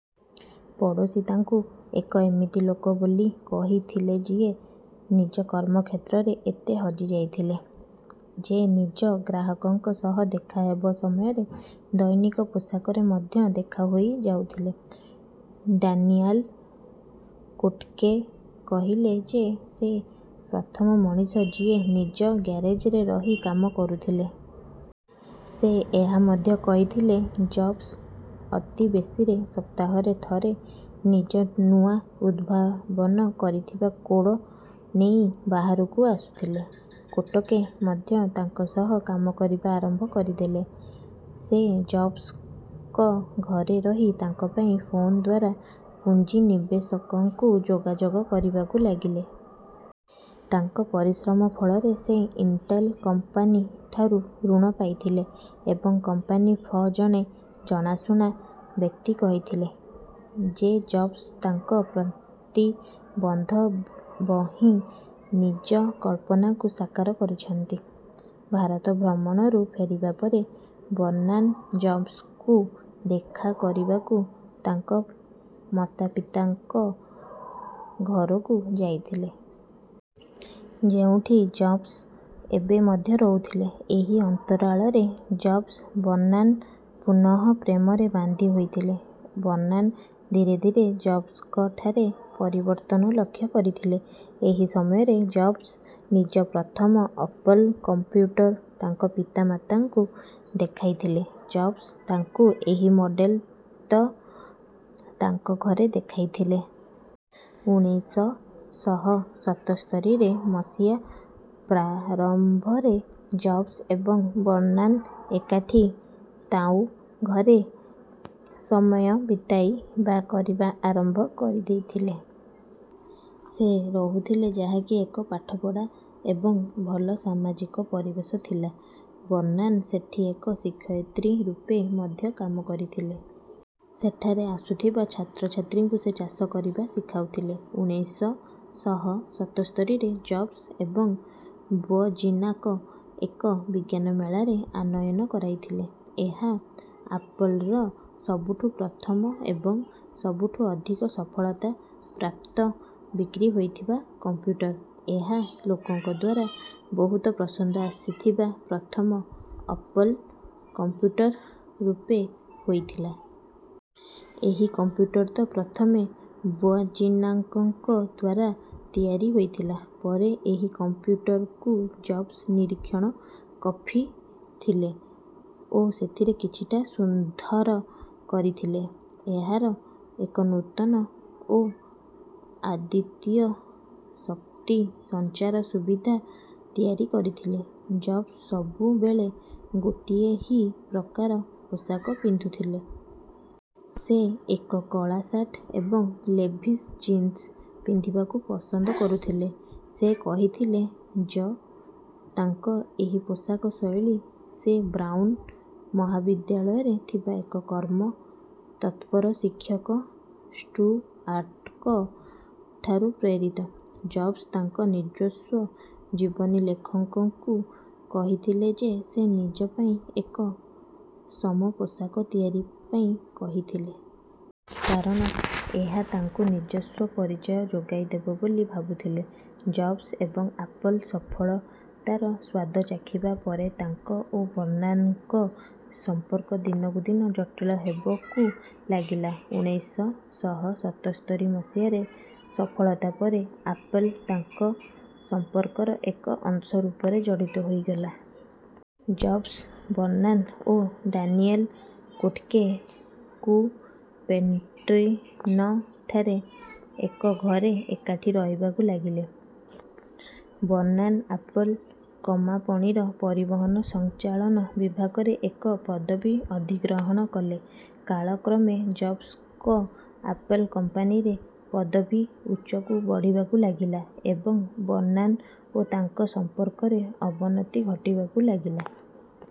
ପଡୋଶୀ ତାଙ୍କୁ ଏକ ଏମିତି ଲୋକ ବୋଲି କହିଥିଲେଯିଏ ନିଜ କର୍ମ କ୍ଷେତ୍ରରେ ଏତେ ହଜିଯାଇଥିଲେ ଯେ ନିଜ ଗ୍ରାହକଙ୍କ ସହ ଦେଖା ହେବ ସମୟରେ ଦୈନିକ ପୋଷାକରେ ମଧ୍ୟ ଦେଖା ହୋଇ ଯାଉଥିଲେ। ଡାନିଆଲ କୋଟ୍କେ କହିଲେ ଯେ ସେ ପ୍ରଥମ ମଣିଷ ଯିଏ ନିଜ ଗ୍ୟାରେଜରେ ରହି କାମ କରୁଥିଲେ। ସେ ଏହା ମଧ୍ୟ କହିଥିଲେ ଜବ୍ସ ଅତି ବେଶିରେ ସପ୍ତାହରେ ଥରେ ନିଜ ନୂଆ ଉଦ୍ଭାବନ କରିଥିବା କୋଡ ନେଇ ବାହାରକୁ ଆସୁଥିଲେ। କୋଟକେ ମଧ୍ୟ ତାଙ୍କ ସହ କାମ କରିବା ଆରମ୍ଭ କରିଦେଲେ। ସେ ଜବ୍ସଙ୍କ ଘରେ ରହି ତାଙ୍କ ପାଇଁ ଫୋନଦ୍ୱାରା ପୁଞ୍ଜିନିବେଷକଙ୍କୁ ଯୋଗାଯୋଗ କରିବାକୁ ଲାଗିଲେ। ତାଙ୍କ ପରିଶ୍ରମ ଫଳରେ ସେ ଇଣ୍ଟେଲ କମ୍ପାନୀ ଠାରୁ ଋଣ ପାଇଥିଲେ। ଏବଂ କମ୍ପାନୀ ଫ ଜଣେ ଜଣାଶୁଣା ବ୍ୟକ୍ତି କହିଥିଲେ ଯେଜବ୍ସ ତାଙ୍କ ପ୍ରତିବନ୍ଧ ଭହିଁ ନିଜ କଳ୍ପନାକୁ ସାକାର କରିଛନ୍ତି। ଭାରତ ଭ୍ରମଣରୁ ଫେରିବା ପରେ ବର୍ନାନ ଜବ୍ସଙ୍କୁ ଦେଖା କରିବାକୁ ତାଙ୍କ ମତାପିତାଙ୍କ ଘରକୁ ଯାଇଥିଲେ। ଯେଉଁଠି ଜବ୍ସ ଏବେ ମଧ୍ୟ ରହୁଥିଲେ। ଏହି ଅନ୍ତରାଳରେ ଜବ୍ସ ବର୍ନାନ ପୁନଃ ପ୍ରେମରେ ବାନ୍ଧି ହୋଇଥିଲେ। ବର୍ନାନ ଧୀରେ ଧୀରେ ଜବ୍ସଙ୍କଠାରେ ପରିବର୍ତ୍ତନ ଲକ୍ଷ କରିଥିଲେ। ଏହି ସମୟରେ ଜବ୍ସ ନିଜ ପ୍ରଥମ ଅପଲ୍ କଂପୁଟର ତାଙ୍କ ପିତା ମାତାଙ୍କୁ ଦେଖାଇଥିଲେ। ଜବ୍ସ ତାଙ୍କୁ ଏହି ମଡେଲ ତ ତାଙ୍କ ଘରେ ଦେଖାଇଥିଲେ। ଉଣେଇଶ ଶହ ସତସ୍ତରୀରେ ମସିହା ପ୍ରାରମ୍ଭରେ ଜବ୍ସ ଏବଂ ବର୍ନାନ ଏକାଠି ତାଙ ଘରେ ସମୟ ବିତାଇବା କରିବା ଆରମ୍ଭ କରିଦେଇଥିଲେ। ସେ ରହୁଥିଲେ ଯାହା କି ଏକ ପାଠପଢ଼ା ଏବଂ ଭଲ ସାମାଜିକ ପରିବେଶ ଥିଲା। ବର୍ନାନ ସେଠୀ ଏକ ଶିକ୍ଷୟତ୍ରୀ ରୂପେ ମଧ୍ୟ କାମ କରିଥିଲେ। ସେଠାରେ ଆସୁଥିବା ଛାତ୍ରଛାତ୍ରୀଙ୍କୁ ସେ ଚାଷ କରିବା ଶିଖାଉଥିଲେ। ଉଣେଇଶ ଶହ ସତସ୍ତରୀରେ ଜବ୍ସ ଏବଂ ୱଜିନାକ ଏକ ବିଜ୍ଞାନମେଳାରେ ଆନୟନ କରାଇଥିଲେ। ଏହା ଆପଲ୍ର ସବୁଠୁ ପ୍ରଥମ ଏବଂ ସବୁଠୁ ଅଧିକ ସଫଳତା ପ୍ରାପ୍ତ ବିକ୍ରି ହୋଇଥିବା କମ୍ପୁଟର । ଏହା ଲୋକଙ୍କଦ୍ୱାରା ବହୁତ ପସନ୍ଦ ଆସିଥିବା ପ୍ରଥମ ଅପଲ୍ କମ୍ପୁଟର ରୂପେ ହୋଇଥିଲା। ଏହି କମ୍ପୁଟର ତ ପ୍ରଥମେ ୱଜିନାଙ୍କଙ୍କଦ୍ୱାରା ତିଆରି ହୋଇଥିଲା। ପରେ ଏହି କମ୍ପୁଟରକୁ ଜବ୍ସ ନିରୀକ୍ଷଣ କଫିଥିଲେ ଓ ସେଥିରେ କିଛିଟା ସୁଧର କରିଥିଲେ। ଏହାର ଏକ ନୂତନ ଓ ଅଦ୍ୟିତୀୟ ଶକ୍ତି ସଂଚାର ସୁବିଧା ତିଆରି କରିଥିଲେ ଜବ୍ସ ସବୁ ବେଳେ ଗୋଟିଏ ହିଁ ପ୍ରକାର ପୋଷାକ ପିନ୍ଧୁଥିଲେ। ସେ ଏକ କଳା ସାର୍ଟ ଏବଂ ଲେଭିସ ଜିନ୍ସ ପିନ୍ଧିବାକୁ ପସନ୍ଦ କରୁଥଲେ। ସେ କହିଥିଲେ ଯ୍ ତାଙ୍କ ଏହି ପୋଷାକ ଶୈଳୀ ସେ ବ୍ରାଉନ ମହାବିଦ୍ୟାଳୟରେ ଥିବା ଏକ କର୍ମ ତତ୍ପର ଶିକ୍ଷକ ଷ୍ଟୁଆର୍ଟଙ୍କ ଠାରୁ ପ୍ରେରିିତ। ଜବ୍ସ ତାଙ୍କ ନିଜସ୍ୱ ଜୀବନୀଲେଖକଙ୍କୁ କହିଥିଲେ ଯେ ସେ ନିଜ ପାଇଁ ଏକ ସମପୋଷାକ ତିଆରି ପାଇଁ କହିଥିଲେ। କାରଣ ଏହା ତାଙ୍କୁ ନିଜସ୍ୱ ପରିଚୟ ଯୋଗାଇ ଦେବ ବୋଲି ଭାବୁଥିଲେ। ଜବ୍ସ ଏବଂ ଆପଲ୍ ସଫଳତାର ସ୍ୱାଦ ଚାଖିବା ପରେତାଙ୍କ ଓ ବର୍ନାନଙ୍କ ସମ୍ପର୍କ ଦିନକୁ ଦିନ ଜଟିଳ ହେବକୁ ଲାଗିଲା। ଉଣେଇଶ ଶହ ସତସ୍ତରୀ ମସିହାରେ ସଫଳତା ପରେ ଆପଲ୍ ତାଙ୍କ ସମ୍ପର୍କର ଏକ ଅଂଶ ରୂପରେ ଜଡ଼ିତ ହୋଇ ଗଲା। ଜବ୍ସବର୍ନାନ ଓ ଡାନିଏଲ କୋଟ୍କେ କୁପେର୍ଟିନଠାରେ ଏକ ଘରେ ଏକାଠି ରହିବାକୁ ଲାଗିଲେ। ବର୍ନାନ ଆପଲ୍ କମାପଣିର ପରିବହନ ସଂଚାଳନ ବିଭାଗରେ ଏକ ପଦବୀ ଅଧିଗ୍ରହଣ କଲେ। କାଳ କ୍ରମେ ଜବ୍ସଙ୍କ ଆପଲ୍ କମ୍ପାନୀରେ ପଦବୀ ଉଚ୍ଚକୁ ବଢ଼ିବାକୁ ଲାଗିଲା ଏବଂ ବର୍ନାନ ଓ ତାଙ୍କ ସମ୍ପର୍କରେ ଅବନତି ଘଟିବାକୁ ଲାଗିଲା।